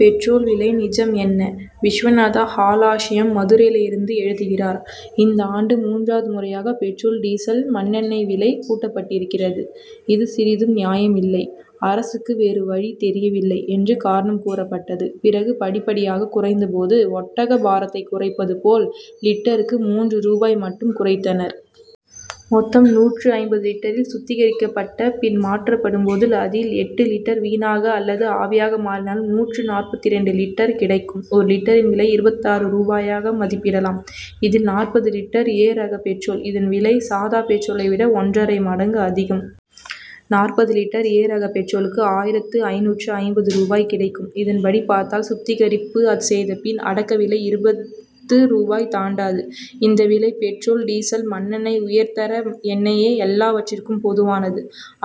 Petrol விலை நிஜம் என்ன? விஸ்வநாத ஹாலாஸ்யம், மதுரையிலிருந்து எழுதுகிறார் இந்த ஆண்டு மூன்றாவது முறையாக பெட்ரோல், டீசல், மண்ணெண்ணெய் விலை கூட்டப்பட்டிருக்கிறது. இது சிறிதும் நியாயமில்லை. அரசுக்கு வேறு வழி தெரியவில்லை என்று காரணம் கூறப்பட்டது. பிறகு படிப்படியாக குறைந்த போது, ஒட்டக பாரத்தைக் குறைப்பது போல், லிட்டருக்கு மூன்று ரூபாய் மட்டும் குறைத்தனர். மொத்தம் நூற்று ஐம்பது லிட்டரில், சுத்திகரிக்கப்பட்ட பின் மாற்றப்படும் போது, அதில் எட்டு லிட்டர் வீணாக அல்லது ஆவியாக மாறினாலும், நூற்று நாற்பத்திரண்டு லிட்டர் கிடைக்கும். ஒரு லிட்டரின் விலை, இருபத்தாறு ரூபாயாக மதிப்பிடலாம். இதில் நாற்பது லிட்டர், ஏ ரக பெட்ரோல். இதன் விலை, சாதா பெட்ரோலை விட ஒன்றரை மடங்கு அதிகம். நாற்பது லிட்டர், ஏ ரக பெட்ரோலுக்கு ஆயிரத்து ஐந்நூற்று ஐம்பது ரூபாய் கிடைக்கும். இதன்படி பார்த்தால், சுத்திகரிப்பு செய்தபின், அடக்க விலை இருபத்து ரூபாயை தாண்டாது. இந்த விலை, பெட்ரோல், டீசல், மண்ணெண்ணெய், உயர்தர எண்ணெய் எல்லாவற்றிற்கும் பொதுவானது.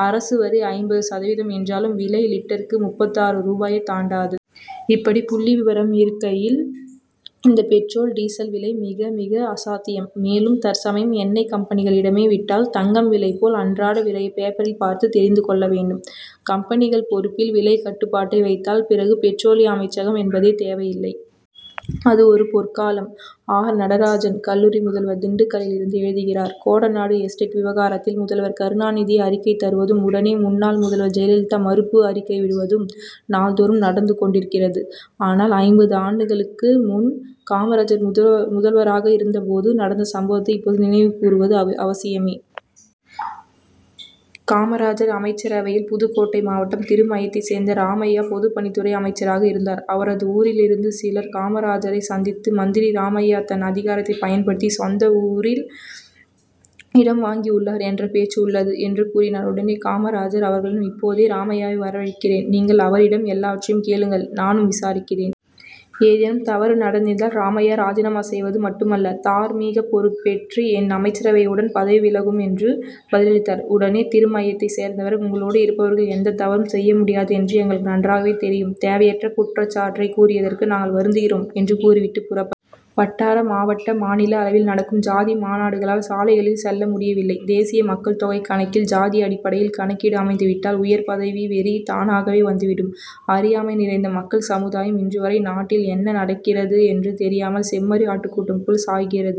அரசு வரி ஐம்பது சதவீதம் என்றாலும், விலை லிட்டருக்கு முப்பத்தாறு ரூபாயை தாண்டாது. இப்படி புள்ளி விவரம் இருக்கையில், இந்த பெட்ரோல், டீசல் விலை மிக, மிக அசாத்தியம். மேலும், தற்சமயம் எண்ணெய்க் கம்பெனிகளிடமே விட்டால், தங்கம் விலை போல், அன்றாட விலையைப் பேப்பரில் பார்த்து தெரிந்து கொள்ள வேண்டும். கம்பெனிகள் பொறுப்பில் விலைக் கட்டுப்பாட்டை வைத்தால், பிறகு பெட்ரோலிய அமைச்சகம் என்பதே தேவையில்லை. அது ஒரு பொற்காலம்! ஆர். நடராஜன், கல்லூரி முதல்வர், திண்டுக்கலிலிருந்து எழுதுகிறார் கோடநாடு எஸ்டேட் விவகாரத்தில், முதல்வர் கருணாநிதி அறிக்கை தருவதும், உடனே, முன்னாள் முதல்வர் ஜெயலலிதா மறுப்பு அறிக்கை விடுவதும், நாள் தோறும் நடந்து கொண்டிருக்கிறது. ஆனால், ஐம்பது ஆண்டுகளுக்கு முன், காமராஜர் முதல்வராக இருந்த போது நடந்த சம்பவத்தை, இப்போது நினைவு கூறுவது அவசியமே! காமராஜர் அமைச்சரவையில், புதுக்கோட்டை மாவட்டம் திருமயத்தைச் சேர்ந்த ராமையா, பொதுப்பணித்துறை அமைச்சராக இருந்தார். அவரது ஊரிலிருந்து சிலர், காமராஜரைச் சந்தித்து, மந்திரி ராமையா தன் அதிகாரத்தைப் பயன்படுத்தி, சொந்த ஊரில் இடம் வாங்கியுள்ளார் என்ற பேச்சு உள்ளது என்று கூறினர். உடனே காமராஜர் அவர்களிடம், இப்போதே ராமையாவை வரவழைக்கிறேன் நீங்கள் அவரிடம் எல்லாவற்றையும் கேளுங்கள் நானும் விசாரிக்கிறேன். ஏதேனும் தவறு நடந்திருந்தால், ராமையா ராஜினாமா செய்வது மட்டுமல்ல, தார்மீகப் பொறுப்பேற்று, என் அமைச்சரவை உடன் பதவி விலகும் என்று பதிலளித்தார். உடனே திருமயத்தைச் சேர்ந்தவர்கள், உங்களோடு இருப்பவர்கள் எந்தத் தவறும் செய்ய முடியாது என்று எங்களுக்கு நன்றாகவே தெரியும். தேவையற்ற குற்றச்சாட்டைக் கூறியதற்கு நாங்கள் வருந்துகிறோம் என்று கூறிவிட்டுப் புறப்ப வட்டார, மாவட்ட, மாநில அளவில் நடக்கும் ஜாதி மாநாடுகளால், சாலைகளில் செல்ல முடியவில்லை. தேசிய மக்கள்தொகைக் கணக்கில், ஜாதி அடிப்படையில் கணக்கீடு அமைந்துவிட்டால், உயர்பதவி வெறி, தானாகவே வந்துவிடும். அறியாமை நிறைந்த மக்கள் சமுதாயம், இன்றுவரை நாட்டில் என்ன நடக்கிறது என்று தெரியாமல், செம்மறி ஆட்டுக் கூட்டம் போல், சாய்கிற